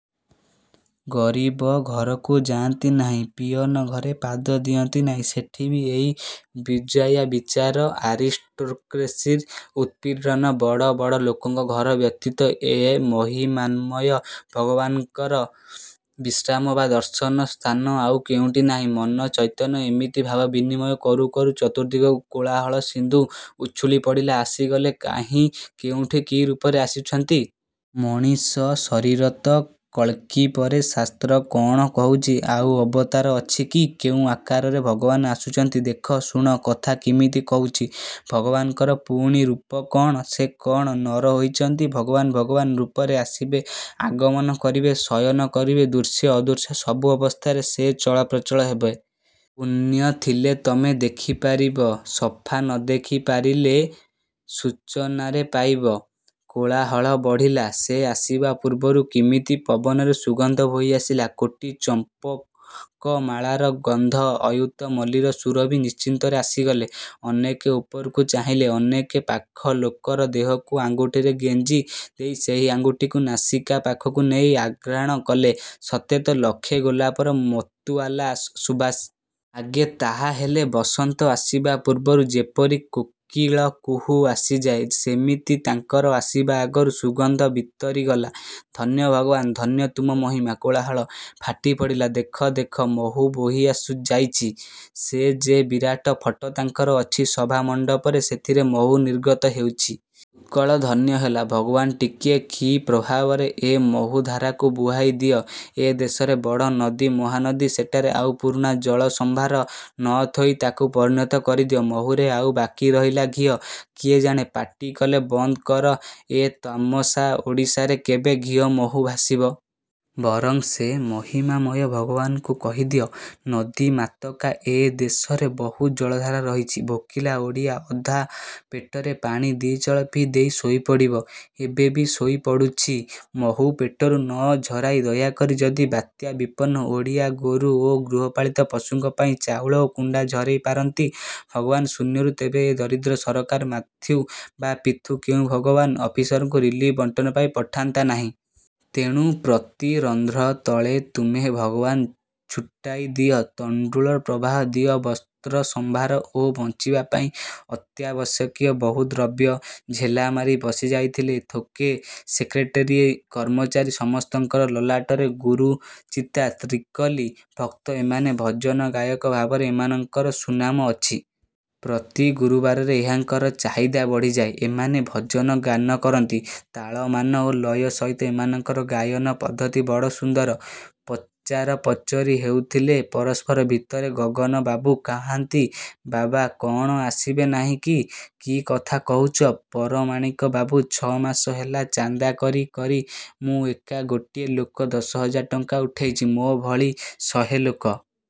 ଗରିବ ଘରକୁ ଯାଆନ୍ତି ନାହିଁ, ପିଅନ ଘରେ ପାଦ ଦିଅନ୍ତି ନାହିଁ, ସେଠି ବି ଏଇ ବୁର୍ଜୋୟା ବିଚାର, ଆରିଷ୍ଟ୍ରୋକ୍ରେସିର ଉତ୍ପୀଡ଼ନ; ବଡ଼ ବଡ଼ ଲୋକଙ୍କ ଘର ବ୍ୟତୀତ ଏ ମହିମାମୟ ଭଗବାନଙ୍କର ବିଶ୍ରାମ ବା ଦର୍ଶନ ସ୍ଥାନ ଆଉ କେଉଁଠି ନାହିଁ? ମନ ଚୈତନ୍ୟ ଏମିତି ଭାବ ବିନିମୟ କରୁ କରୁ ଚତୁର୍ଦ୍ଦିଗରୁ କୋଳାହଳ-ସିନ୍ଧୁ ଉଛୁଳିପଡ଼ିଲା–ଆସିଗଲେ–କାହିଁ, କେଉଁଠି, କି ରୂପରେ ଆସୁଛନ୍ତି? ମଣିଷଶରୀର ତ? କଳ୍କି ପରେ ଶାସ୍ତ୍ର କଅଣ କହୁଛି, ଆଉ ଅବତାର ଅଛି କି? କେଉଁ ଆକାରରେ ଭଗବାନ ଆସୁଛନ୍ତି? ଦେଖ, ଶୁଣ, କଥା କିମିତି କହୁଛି, ଭଗବାନଙ୍କର ପୁଣି ରୂପ କଅଣ? ସେ କଅଣ ନର ହୋଇଛନ୍ତି? ଭଗବାନ ଭଗବାନ ରୂପରେ ଆସିବେ, ଆଗମନ କରିବେ, ଶୟନ କରିବେ, ଦୃଶ୍ୟ, ଅଦୃଶ୍ୟ ସବୁ ଅବସ୍ଥାରେ ସେ ଚଳପ୍ରଚଳ ହେବେ। ପୁଣ୍ୟ ଥିଲେ ତମେ ଦେଖିପାରିବ, ସଫା ନଦେଖି ପାରିଲେ ସୂଚନାରେ ପାଇବ। କୋଳାହଳ ବଢ଼ିଲା। ସେ ଆସିବା ପୂର୍ବରୁ କିମିତି ପବନରେ ସୁଗନ୍ଧ ବୋହିଆସିଲା। କୋଟି ଚମ୍ପକମାଳାର ଗନ୍ଧ, ଅୟୁତ ମଲ୍ଲୀର ସୁରଭି-ନିଶ୍ଚିତରେ ଆସିଗଲେ। ଅନେକେ ଉପରକୁ ଚାହିଁଲେ, ଅନେକେ ପାଖ ଲୋକର ଦେହକୁ ଆଙ୍ଗୁଠିରେ ଗେଞ୍ଜି ଦେଇ ସେହି ଆଙ୍ଗୁଠିକୁ ନାସିକା-ପାଖକୁ ନେଇ ଆଘ୍ରାଣ କଲେ; ସତେ ତ ଲକ୍ଷେ ଗୋଲାପର ମତୁଆଲା ସୁବାସ। ଆଗେ ତାହା ହେଲେ ବସନ୍ତ ଆସିବା ପୂର୍ବରୁ ଯେପରି କୋକିଳକୁହୁ ଆସିଯାଏ, ସେମିତି ତାଙ୍କର ଆସିବା ଆଗରୁ ସୁଗନ୍ଧ ବିତରିଗଲା। ଧନ୍ୟ ଭଗବାନ, ଧନ୍ୟ ତୁମ ମହିମା! କୋଳାହଳ ଫାଟିପଡ଼ିଲା–ଦେଖ, ଦେଖ, ମହୁ ବୋହିଯାଇଛି, ସେ ଯେ ବିରାଟ ଫଟ ତାଙ୍କର ଅଛି ସଭାମଣ୍ଡପରେ, ସେଥିରୁ ମହୁ ନିର୍ଗତ ହେଉଛି। ଉତ୍କଳ ଧନ୍ୟ ହେଲା। ଭଗବାନ, ଟିକିଏ କ୍ଷୀପ୍ରଭାବରେ ଏ ମହୁଧାରାକୁ ବୁହାଇ ଦିଅ; ଏ ଦେଶରେ ବଡ଼ ନଦୀ ମହାନଦୀ, ସେଠାରେ ଆଉ ପୁରୁଣା ଜଳସମ୍ଭାର ନ ଥୋଇ ତାକୁ ପରିଣତ କରିଦିଅ ମହୁରେ ଆଉ ବାକୀ ରହିଲା ଘିଅ। କିଏ ଜାଣେ ପାଟି କଲେ–ବନ୍ଦ କର ଏ ତାମସା, ଓଡ଼ିଶାରେ କେବେ ଘିଅ ମହୁ ଭାସିବ-? ବରଂ ସେ ମହିମାମୟ ଭଗବାନଙ୍କୁ କହିଦିଅ, ନଦୀମାତକା ଏ ଦେଶରେ ବହୁ ଜଳଧାରା ରହିଛି, ଭୋକିଲା ଓଡ଼ିଆ ଅଧ ପେଟରେ ପାଣି ଦି'ଚଳ ପି ଦେଇ ଶୋଇପଡ଼ିବ, ଏବେ ବି ଶୋଇପଡ଼ୁଛି। ମହୁ ପେଟରୁ ନ ଝରାଇ ଦୟାକରି ଯଦି ବାତ୍ୟାବିପନ୍ନ ଓଡ଼ିଆ, ଗୋରୁ ଓ ଗୃହପାଳିତ ପଶୁଙ୍କ ପାଇଁ ଚାଉଳ ଓ କୁଣ୍ଡା ଝରେଇ ପାରନ୍ତି ଭଗବାନ ଶୂନ୍ୟରୁ, ତେବେ ଏ ଦରିଦ୍ର ସରକାର ମାଥ୍ୟୁ ବା ପିଥୁ କେଉଁ ଭଗ୍ୟବାନ ଅଫିସରଙ୍କୁ ରିଲ୍ଫ୍ ବଣ୍ଟନ ପାଇଁ ପଠାନ୍ତାନାହିଁ। ତେଣୁ ପ୍ରତି ରନ୍ଧ୍ର ତଳେ ତୁମେ ଭଗବାନ ଛୁଟାଇଦିଅ ତଣ୍ଡୁଳ ପ୍ରବାହ, ଦିଅ ବସ୍ତ୍ରସମ୍ଭାର ଓ ବଞ୍ଚିବାପାଇଁ ଅତ୍ୟାବଶ୍ୟକୀୟ ବହୁ ଦ୍ରବ୍ୟ। ଝୋଲାମାରି ବସିଯାଇଥିଲେ ଥୋକେ ସେକ୍ରେଟରିଏଟ କର୍ମଚାରୀ। ସମସ୍ତଙ୍କର ଲଲାଟରେ ଗୁରୁଚିତା, ତ୍ରିକଲି। ଭକ୍ତ ଏମାନେ; ଭଜନ ଗାୟକ ଭାବରେ ଏମାନଙ୍କର ସୁନାମ ଅଛି-। ପ୍ରତି ଗୁରୁବାରରେ ଏହାଙ୍କର ଚାହିଦା ବଢ଼ିଯାଏ…. ଏମାନେ ଭଜନ ଗାନକରନ୍ତି। ତାଳମାନ ଓ ଲୟ ସହିତ ଏମାନଙ୍କର ଗାୟନପଦ୍ଧତି ବଡ଼ ସୁନ୍ଦର। ପଚରାପଚରି ହେଉଥିଲେ ପରସ୍ପର ଭିତରେ ଗଗନ ବାବୁ, କାହାନ୍ତି ବାବା? କଅଣ ଆସିବେ ନାହିଁ କି?... କି କଥା କହୁଛ, ପରମାଣିକ ବାବୁ, ଛଅମାସ ହେଲା ଚାନ୍ଦା କରି କରି ମୁଁ ଏକା ଗୋଟିଏ ଲୋକ ଦଶହଜାର ଟଙ୍କା ଉଠେଇଛି। ମୋ' ଭଳି ଶହେ ଲୋକ